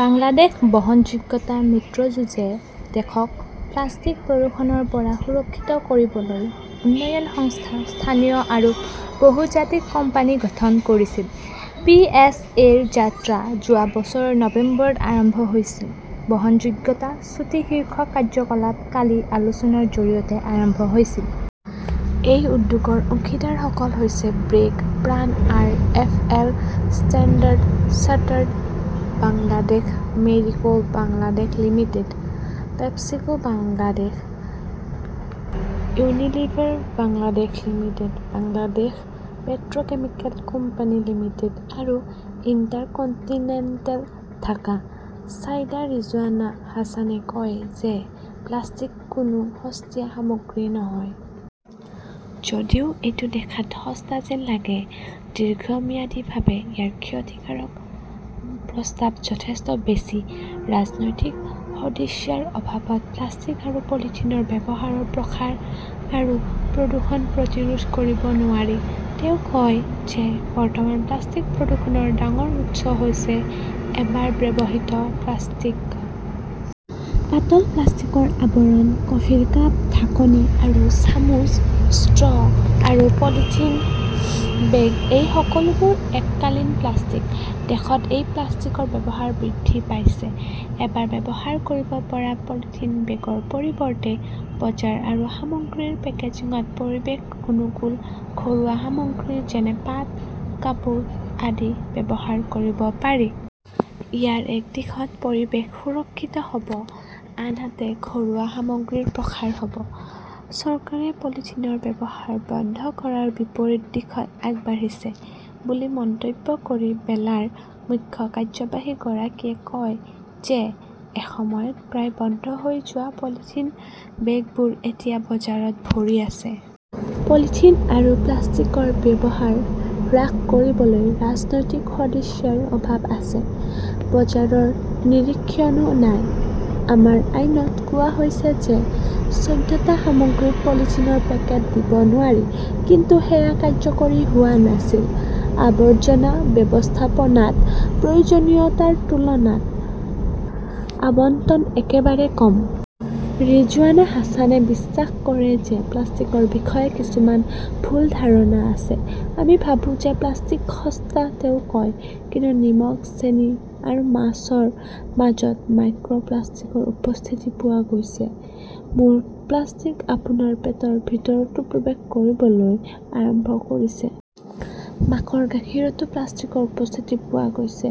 বাংলাদেশ বহনযোগ্যতা মিত্ৰজোঁটে দেশক প্লাষ্টিক প্ৰদূষণৰ পৰা সুৰক্ষিত কৰিবলৈ উন্নয়ন সংস্থা, স্থানীয় আৰু বহুজাতিক কোম্পানী গঠন কৰিছিল। পি. এছ. এ. -ৰ যাত্ৰা যোৱা বছৰৰ নৱেম্বৰত আৰম্ভ হৈছিল। বহনযোগ্যতা চুটি শীৰ্ষক কাৰ্যকলাপ কালি আলোচনাৰ জৰিয়তে আৰম্ভ হৈছিল। এই উদ্যোগৰ অংশীদাৰসকল হৈছে brake, PRAN R. F L Standard Chartered Bangladesh Marico Bangladesh Limited, PepsiCo Bangladesh, Unilever Bangladesh limited, Bangladesh পেট্ৰ কেমিকেল কোম্পানী লিমিটেড আৰু ইণ্টাৰকণ্টিনেণ্টেল ঢাকা। চাইদা ৰিজৱানা হাছানে কয় যে প্লাষ্টিক কোনো সস্তীয়া সামগ্ৰী নহয়। যদিও এইটো দেখাত সস্তা যেন লাগে, দীৰ্ঘম্যাদীভাৱে ইয়াৰ ক্ষতিকাৰক প্ৰভাৱ যথেষ্ট বেছি। ৰাজনৈতিক সদিচ্ছাৰ অভাৱত প্লাষ্টিক আৰু পলিথিনৰ ব্যৱহাৰৰ প্ৰসাৰ আৰু প্ৰদূষণ প্ৰতিৰোধ কৰিব নোৱাৰি। তেওঁ কয় যে বৰ্তমান প্লাষ্টিক প্ৰদূষণৰ ডাঙৰ উৎস হৈছে এবাৰ ব্যৱহৃত প্লাষ্টিক। পাতল প্লাষ্টিকৰ আৱৰণ, কফিৰ কাপ, ঢাকনি আৰু চামুচ, ষ্ট্ৰ আৰু পলিথিন বেগ-এই সকলোবোৰ এককালীন প্লাষ্টিক। দেশত এই প্লাষ্টিকৰ ব্যৱহাৰ বৃদ্ধি পাইছে। এবাৰ ব্যৱহাৰ কৰিব পৰা পলিথিন বেগৰ পৰিৱৰ্তে বজাৰ আৰু সামগ্ৰীৰ পেকেজিঙত পৰিৱেশ-অনুকূল ঘৰুৱা সামগ্ৰী যেনে পাট, কাপোৰ আদি ব্যৱহাৰ কৰিব পাৰি। ইয়াৰ এক দিশত পৰিৱেশ সুৰক্ষিত হ’ব আনহাতে ঘৰুৱা সামগ্ৰীৰ প্ৰসাৰ হ’ব। চৰকাৰে পলিথিনৰ ব্যৱহাৰ বন্ধ কৰাৰ বিপৰীত দিশত আগবাঢ়িছে বুলি মন্তব্য কৰি বেলাৰ মুখ্য কাৰ্যবাহীগৰাকীয়ে কয় যে এসময়ত প্ৰায় বন্ধ হৈ যোৱা পলিথিন বেগবোৰ এতিয়া বজাৰত ভৰি আছে। পলিথিন আৰু প্লাষ্টিকৰ ব্যৱহাৰ হ্ৰাস কৰিবলৈ ৰাজনৈতিক সদিচ্ছাৰ অভাৱ আছে। বজাৰৰ নিৰীক্ষণও নাই। আমাৰ আইনত কোৱা হৈছে যে চৈধ্যটা সামগ্ৰীত পলিথিনৰ পেকেট দিব নোৱাৰি। কিন্তু সেয়া কাৰ্যকৰী হোৱা নাছিল। আৱৰ্জনা ব্যৱস্থাপনাত প্ৰয়োজনীয়তাৰ তুলনাত আবণ্টন একেবাৰে কম। ৰিজৱানা হাছানে বিশ্বাস কৰে যে প্লাষ্টিকৰ বিষয়ে কিছুমান ভুল ধাৰণা আছে। আমি ভাবো যে প্লাষ্টিক সস্তা তেওঁ কয়। কিন্তু নিমখ, চেনি আৰু মাছৰ মাজত মাইক্ৰ প্লাষ্টিকৰ উপস্থিতি পোৱা গৈছে। মোৰ-প্লাষ্টিক আপোনাৰ পেটৰ ভিতৰতো প্ৰৱেশ কৰিবলৈ আৰম্ভ কৰিছে। মাকৰ গাখীৰতো প্লাষ্টিকৰ উপস্থিতি পোৱা গৈছে।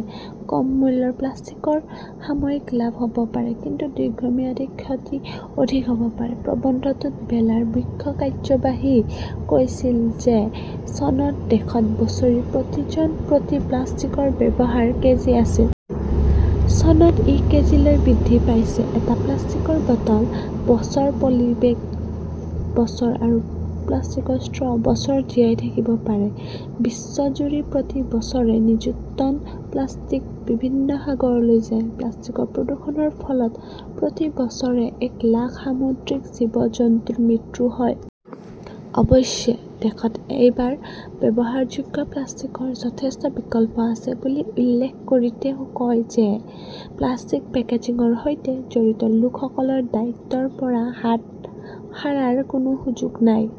কম মূল্যৰ প্লাষ্টিকৰ সাময়িক লাভ হ’ব পাৰে, কিন্তু দীৰ্ঘম্যাদী ক্ষতি অধিক হ’ব পাৰে। প্ৰবন্ধটোত বেলাৰ মুখ্য কাৰ্যবাহীই কৈছিল যে চনত দেশত বছৰি প্ৰতি জন প্ৰতি প্লাষ্টিকৰ ব্যৱহাৰ কেজি আছিল। চনত ই কেজিলৈ বৃদ্ধি পাইছে। এটা প্লাষ্টিকৰ বটল বছৰ, পলিবেগ বছৰ আৰু প্লাষ্টিকৰ ষ্ট্ৰ বছৰ জীয়াই থাকিব পাৰে। বিশ্বজুৰি প্ৰতি বছৰে নিযুত টন প্লাষ্টিক বিভিন্ন সাগৰলৈ যায়। প্লাষ্টিকৰ প্ৰদূষণৰ ফলত প্ৰতি বছৰে এক লাখ সামুদ্ৰিক জীৱ-জন্তুৰ মৃত্যু হয়। অৱশ্যে, দেশত এবাৰ ব্যৱহাৰযোগ্য প্লাষ্টিকৰ যথেষ্ট বিকল্প আছে বুলি উল্লেখ কৰি তেওঁ কয় যে প্লাষ্টিক পেকেজিংৰ সৈতে জড়িত লোকসকলৰ দায়িত্বৰ পৰা হাত সাৰাৰ কোনো সুযোগ নাই।